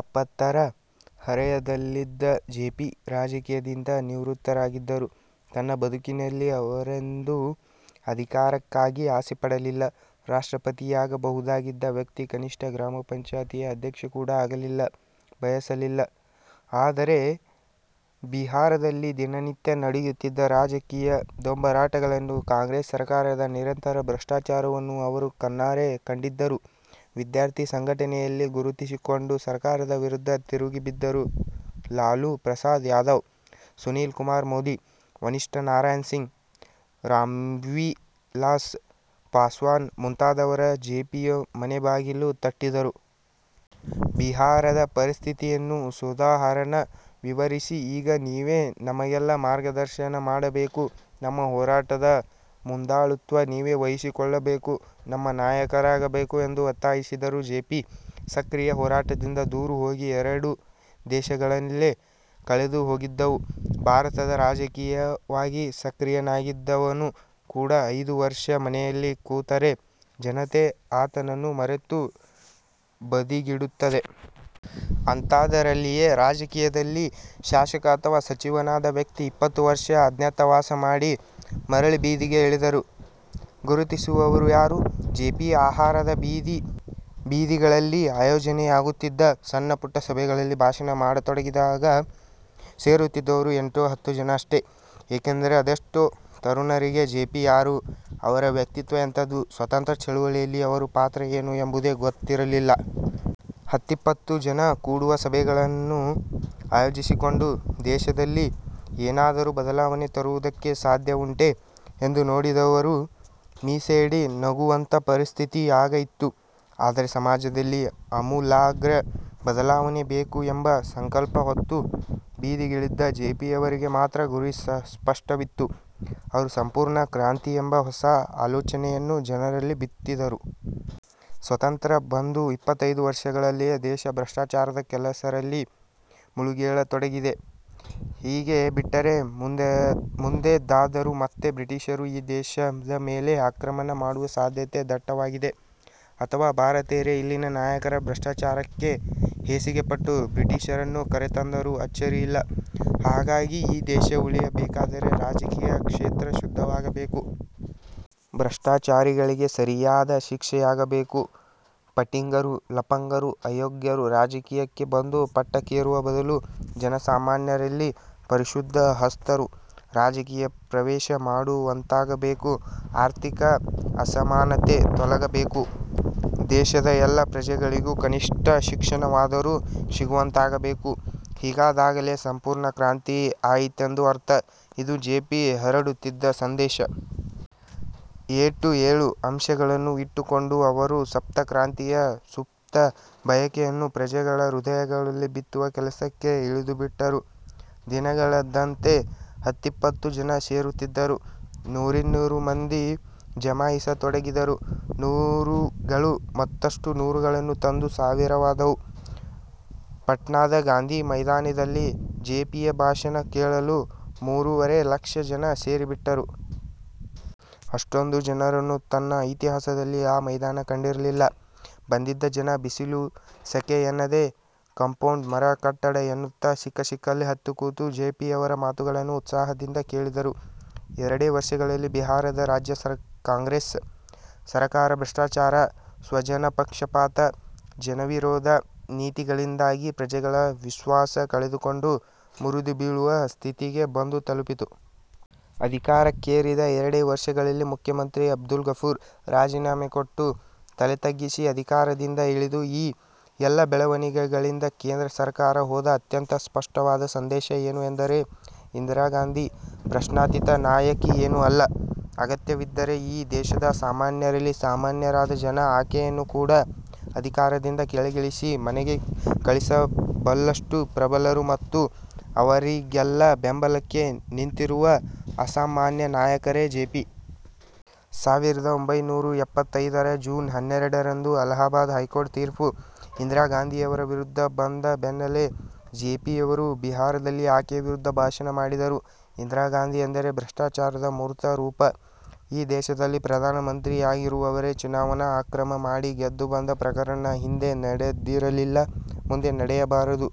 ಎಪ್ಪತ್ತರ ಹರೆಯದಲ್ಲಿದ್ದ ಜೆಪಿ, ರಾಜಕೀಯದಿಂದ ನಿವೃತ್ತರಾಗಿದ್ದರು. ತನ್ನ ಬದುಕಿನಲ್ಲಿ ಅವರೆಂದೂ ಅಧಿಕಾರಕ್ಕಾಗಿ ಆಸೆಪಡಲಿಲ್ಲ. ರಾಷ್ಟ್ರಪತಿಯಾಗಬಹುದಾಗಿದ್ದ ವ್ಯಕ್ತಿ ಕನಿಷ್ಠ ಗ್ರಾಮ ಪಂಚಾಯತಿಯ ಅಧ್ಯಕ್ಷ ಕೂಡ ಆಗಲು ಬಯಸಲಿಲ್ಲ. ಆದರೆ, ಬಿಹಾರದಲ್ಲಿ ದಿನನಿತ್ಯ ನಡೆಯುತ್ತಿದ್ದ ರಾಜಕೀಯ ದೊಂಬರಾಟಗಳನ್ನೂ, ಕಾಂಗ್ರೆಸ್ ಸರಕಾರದ ನಿರಂತರ ಭ್ರಷ್ಟಾಚಾರವನ್ನೂ ಅವರು ಕಣ್ಣಾರೆ ಕಂಡಿದ್ದರು. ವಿದ್ಯಾರ್ಥಿ ಸಂಘಟನೆಯಲ್ಲಿ ಗುರುತಿಸಿಕೊಂಡು ಸರಕಾರದ ವಿರುದ್ಧ ತಿರುಗಿಬಿದ್ದಿದ್ದ ಲಾಲೂ ಪ್ರಸಾದ್ ಯಾದವ್, ಸುಶೀಲ್ ಕುಮಾರ್ ಮೋದಿ, ವಸಿಷ್ಠ ನಾರಾಯಣ ಸಿಂಗ್, ರಾಮ್ವಿಲಾಸ್ ಪಾಸ್ವಾನ್ ಮುಂತಾದವರು ಜೆಪಿಯ ಮನೆಬಾಗಿಲು ತಟ್ಟಿದರು. ಬಿಹಾರದ ಪರಿಸ್ಥಿತಿಯನ್ನು ಸೋದಾಹರಣ ವಿವರಿಸಿ, ಈಗ ನೀವೇ ನಮಗೆಲ್ಲ ಮಾರ್ಗದರ್ಶನ ಮಾಡಬೇಕು. ನಮ್ಮ ಹೋರಾಟದ ಮುಂದಾಳುತ್ವ ನೀವೇ ವಹಿಸಿಕೊಳ್ಳಬೇಕು. ನಮ್ಮ ನಾಯಕರಾಗಬೇಕು ಎಂದು ಒತ್ತಾಯಿಸಿದರು. ಜೆಪಿ, ಸಕ್ರಿಯ ಹೋರಾಟದಿಂದ ದೂರ ಹೋಗಿ ಎರಡು ದಶಕಗಳೇ ಕಳೆದುಹೋಗಿದ್ದವು. ಭಾರತದಲ್ಲಿ ರಾಜಕೀಯವಾಗಿ ಸಕ್ರಿಯನಾಗಿದ್ದವನು ಕೂಡ ಐದು ವರ್ಷ ಮನೆಯಲ್ಲಿ ಕೂತರೆ ಜನತೆ ಆತನನ್ನು ಮರೆತು ಬದಿಗಿಡುತ್ತದೆ. ಅಂಥಾದ್ದರಲ್ಲಿ ರಾಜಕೀಯದಲ್ಲಿ ಶಾಸಕ ಅಥವಾ ಸಚಿವನಾಗದ ವ್ಯಕ್ತಿ ಇಪ್ಪತ್ತು ವರ್ಷ ಅಜ್ಞಾತವಾಸ ಮಾಡಿ ಮರಳಿ ಬೀದಿಗೆ ಇಳಿದರೆ ಗುರುತಿಸುವವರು ಯಾರು? ಜೆಪಿ ಬಿಹಾರದ ಬೀದಿ ಬೀದಿಗಳಲ್ಲಿ ಆಯೋಜನೆಯಾಗುತ್ತಿದ್ದ ಸಣ್ಣಪುಟ್ಟ ಸಭೆಗಳಲ್ಲಿ ಭಾಷಣ ಮಾಡತೊಡಗಿದಾಗ ಸೇರುತ್ತಿದ್ದದ್ದು ಎಂಟೋ ಹತ್ತೋ ಜನ ಅಷ್ಟೆ. ಯಾಕೆಂದರೆ ಅದೆಷ್ಟೋ ತರುಣರಿಗೆ ಜೆಪಿ ಯಾರು, ಅವರ ವ್ಯಕ್ತಿತ್ವ ಎಂಥಾದ್ದು, ಸ್ವಾತಂತ್ರ್ಯ ಚಳವಳಿಯಲ್ಲಿ ಅವರ ಪಾತ್ರ ಏನು ಎಂಬುದೇ ಗೊತ್ತಿರಲಿಲ್ಲ. ಹತ್ತಿಪ್ಪತ್ತು ಜನ ಕೂಡುವ ಸಭೆಗಳನ್ನು ಆಯೋಜಿಸಿಕೊಂಡು ದೇಶದಲ್ಲಿ ಏನಾದರೂ ಬದಲಾವಣೆ ತರುವುದಕ್ಕೆ ಸಾಧ್ಯವುಂಟೇ ಎಂದು, ನೋಡಿದವರು ಮೀಸೆಯಡಿ ನಗುವಂಥ ಪರಿಸ್ಥಿತಿ ಆಗ ಇತ್ತು. ಆದರೆ, ಸಮಾಜದಲ್ಲಿ ಆಮೂಲಾಗ್ರ ಬದಲಾವಣೆ ಬೇಕು ಎಂಬ ಸಂಕಲ್ಪ ಹೊತ್ತು ಬೀದಿಗಿಳಿದಿದ್ದ ಜೆಪಿಯವರಿಗೆ ಮಾತ್ರ ಗುರಿ ಸ್ಪಷ್ಟವಿತ್ತು. ಅವರು ಸಂಪೂರ್ಣ ಕ್ರಾಂತಿ ಎಂಬ ಹೊಸ ಆಲೋಚನೆಯನ್ನು ಜನರಲ್ಲಿ ಬಿತ್ತಿದರು. ಸ್ವಾತಂತ್ರ್ಯ ಬಂದು ಇಪ್ಪತ್ತೈದು ವರ್ಷಗಳಲ್ಲೇ ದೇಶ ಭ್ರಷ್ಟಾಚಾರದ ಕೆಸರಲ್ಲಿ ಮುಳುಗೇಳತೊಡಗಿದೆ. ಹೀಗೇ ಬಿಟ್ಟರೆ ಮುಂದೆಂದಾದರೂ ಮತ್ತೆ ಬ್ರಿಟಿಷರು ಈ ದೇಶದ ಮೇಲೆ ಆಕ್ರಮಣ ಮಾಡುವ ಸಾಧ್ಯತೆ ದಟ್ಟವಾಗಿದೆ. ಅಥವಾ ಭಾರತೀಯರೇ ಇಲ್ಲಿನ ನಾಯಕರ ಭ್ರಷ್ಟಾಚಾರಕ್ಕೆ ಹೇಸಿಗೆಪಟ್ಟು ಬ್ರಿಟಿಷರನ್ನು ಕರೆತಂದರೂ ಅಚ್ಚರಿಯಿಲ್ಲ. ಹಾಗಾಗಿ ಈ ದೇಶ ಉಳಿಯಬೇಕಾದರೆ ರಾಜಕೀಯ ಕ್ಷೇತ್ರ ಶುದ್ಧವಾಗಬೇಕು. ಭ್ರಷ್ಟಾಚಾರಿಗಳಿಗೆ ಸರಿಯಾದ ಶಿಕ್ಷೆಯಾಗಬೇಕು. ಫಟಿಂಗರು, ಲಫಂಗರು, ಅಯೋಗ್ಯರು ರಾಜಕೀಯಕ್ಕೆ ಬಂದು ಪಟ್ಟಕ್ಕೇರುವ ಬದಲು ಜನಸಾಮಾನ್ಯರಲ್ಲಿ ಪರಿಶುದ್ಧ ಹಸ್ತರು ರಾಜಕೀಯ ಪ್ರವೇಶ ಮಾಡುವಂತಾಗಬೇಕು. ಆರ್ಥಿಕ ಅಸಮಾನತೆ ತೊಲಗಬೇಕು. ದೇಶದ ಎಲ್ಲ ಪ್ರಜೆಗಳಿಗೂ ಕನಿಷ್ಠ ಶಿಕ್ಷಣವಾದರೂ ಸಿಗುವಂತಾಗಬೇಕು. ಹೀಗಾದಾಗಲೇ ಸಂಪೂರ್ಣ ಕ್ರಾಂತಿ ಆಯಿತೆಂದು ಅರ್ಥ. ಇದು ಜೆಪಿ ಹರಡುತ್ತಿದ್ದ ಸಂದೇಶ. ಒಟ್ಟು ಏಳು ಅಂಶಗಳನ್ನು ಇಟ್ಟುಕೊಂಡು ಅವರು ಸಪ್ತಕ್ರಾಂತಿಯ ಸುಪ್ತ ಬಯಕೆಯನ್ನು ಪ್ರಜೆಗಳ ಹೃದಯಗಳಲ್ಲಿ ಬಿತ್ತುವ ಕೆಲಸಕ್ಕೆ ಇಳಿದುಬಿಟ್ಟರು. ದಿನಗಳೆದಂತೆ, ಹತ್ತಿಪ್ಪತ್ತು ಜನ ಸೇರುತ್ತಿದ್ದಲ್ಲಿ ನೂರಿನ್ನೂರು ಮಂದಿ ಜಮಾಯಿಸತೊಡಗಿದರು. ನೂರುಗಳು ಮತ್ತಷ್ಟು ನೂರುಗಳನ್ನು ತಂದು ಸಾವಿರವಾದವು. ಪಾಟ್ನಾದ ಗಾಂಧಿ ಮೈದಾನದಲ್ಲಿ ಜೆಪಿಯ ಭಾಷಣ ಕೇಳಲು ಮೂರೂವರೆ ಲಕ್ಷ ಜನ ಸೇರಿಬಿಟ್ಟರು. ಅಷ್ಟೊಂದು ಜನರನ್ನು ತನ್ನ ಇತಿಹಾಸದಲ್ಲೇ ಆ ಮೈದಾನ ಕಂಡಿರಲಿಲ್ಲ. ಬಂದಿದ್ದ ಜನ ಬಿಸಿಲು, ಸೆಖೆ ಎನ್ನದೆ ಕಂಪೌಂಡು, ಮರ, ಕಟ್ಟಡ ಎನ್ನುತ್ತ ಸಿಕ್ಕಸಿಕ್ಕಲ್ಲಿ ಹತ್ತಿಕೂತು ಜೆಪಿಯವರ ಮಾತುಗಳನ್ನು ಉತ್ಸಾಹದಿಂದ ಕೇಳಿದರು. ಎರಡೇ ವರ್ಷಗಳಲ್ಲಿ ಬಿಹಾರದ ರಾಜ್ಯ ಕಾಂಗ್ರೆಸ್ ಸರಕಾರ ಭ್ರಷ್ಟಾಚಾರ, ಸ್ವಜನಪಕ್ಷಪಾತ, ಜನವಿರೋಧಿ ನೀತಿಗಳಿಂದಾಗಿ ಪ್ರಜೆಗಳ ವಿಶ್ವಾಸ ಕಳೆದುಕೊಂಡು ಮುರಿದುಬೀಳುವ ಸ್ಥಿತಿಗೆ ಬಂದು ತಲುಪಿತು. ಅಧಿಕಾರಕ್ಕೇರಿದ ಎರಡೇ ವರ್ಷಗಳಲ್ಲಿ ಮುಖ್ಯಮಂತ್ರಿ ಅಬ್ದುಲ್ ಗಫೂರ್ ರಾಜೀನಾಮೆ ಕೊಟ್ಟು ತಲೆತಗ್ಗಿಸಿ ಅಧಿಕಾರದಿಂದ ಇಳಿದರು. ಈ ಎಲ್ಲ ಬೆಳವಣಿಗೆಗಳಿಂದ ಕೇಂದ್ರ ಸರ್ಕಾರಕ್ಕೆ ಹೋದ ಅತ್ಯಂತ ಸ್ಪಷ್ಟವಾದ ಸಂದೇಶ ಏನು ಎಂದರೆ, ಇಂದಿರಾಗಾಂಧಿ ಪ್ರಶ್ನಾತೀತ ನಾಯಕಿಯೇನೂ ಅಲ್ಲ, ಅಗತ್ಯ ಬಿದ್ದರೆ ಈ ದೇಶದ ಸಾಮಾನ್ಯರಲ್ಲಿ ಸಾಮಾನ್ಯರಾದ ಜನ ಆಕೆಯನ್ನು ಕೂಡ ಅಧಿಕಾರದಿಂದ ಕೆಳಗಿಳಿಸಿ ಮನೆಗೆ ಕಳಿಸಬಲ್ಲಷ್ಟು ಪ್ರಬಲರು ಮತ್ತು ಅವರಿಗೆಲ್ಲ ಬೆಂಬಲಕ್ಕೆ ನಿಂತಿರುವ ಅಸಾಮಾನ್ಯ ನಾಯಕರೇ ಜೆಪಿ. ಸಾವಿರದ ಒಂಬೈನೂರಾ ಎಪ್ಪತ್ತೈದರ ಜೂನ್ ಹನ್ನೆರಡರಂದು ಅಲಹಾಬಾದ್ ಹೈಕೋರ್ಟ್ ತೀರ್ಪು ಇಂದಿರಾಗಾಂಧಿಯವರ ವಿರುದ್ಧ ಬಂದ ಬೆನ್ನಲ್ಲೇ ಜೆಪಿಯವರು ಬಿಹಾರದಲ್ಲಿ ಆಕೆಯ ವಿರುದ್ಧ ಭಾಷಣ ಮಾಡಿದರು. ಇಂದಿರಾಗಾಂಧಿ ಎಂದರೆ ಭ್ರಷ್ಟಾಚಾರದ ಮೂರ್ತರೂಪ. ಈ ದೇಶದಲ್ಲಿ ಪ್ರಧಾನಮಂತ್ರಿಯಾಗಿರುವವರೇ ಚುನಾವಣಾ ಅಕ್ರಮ ಮಾಡಿ ಗೆದ್ದುಬಂದ ಪ್ರಕರಣ ಹಿಂದೆ ನಡೆದಿರಲಿಲ್ಲ, ಮುಂದೆ ನಡೆಯಲೂಬಾರದು.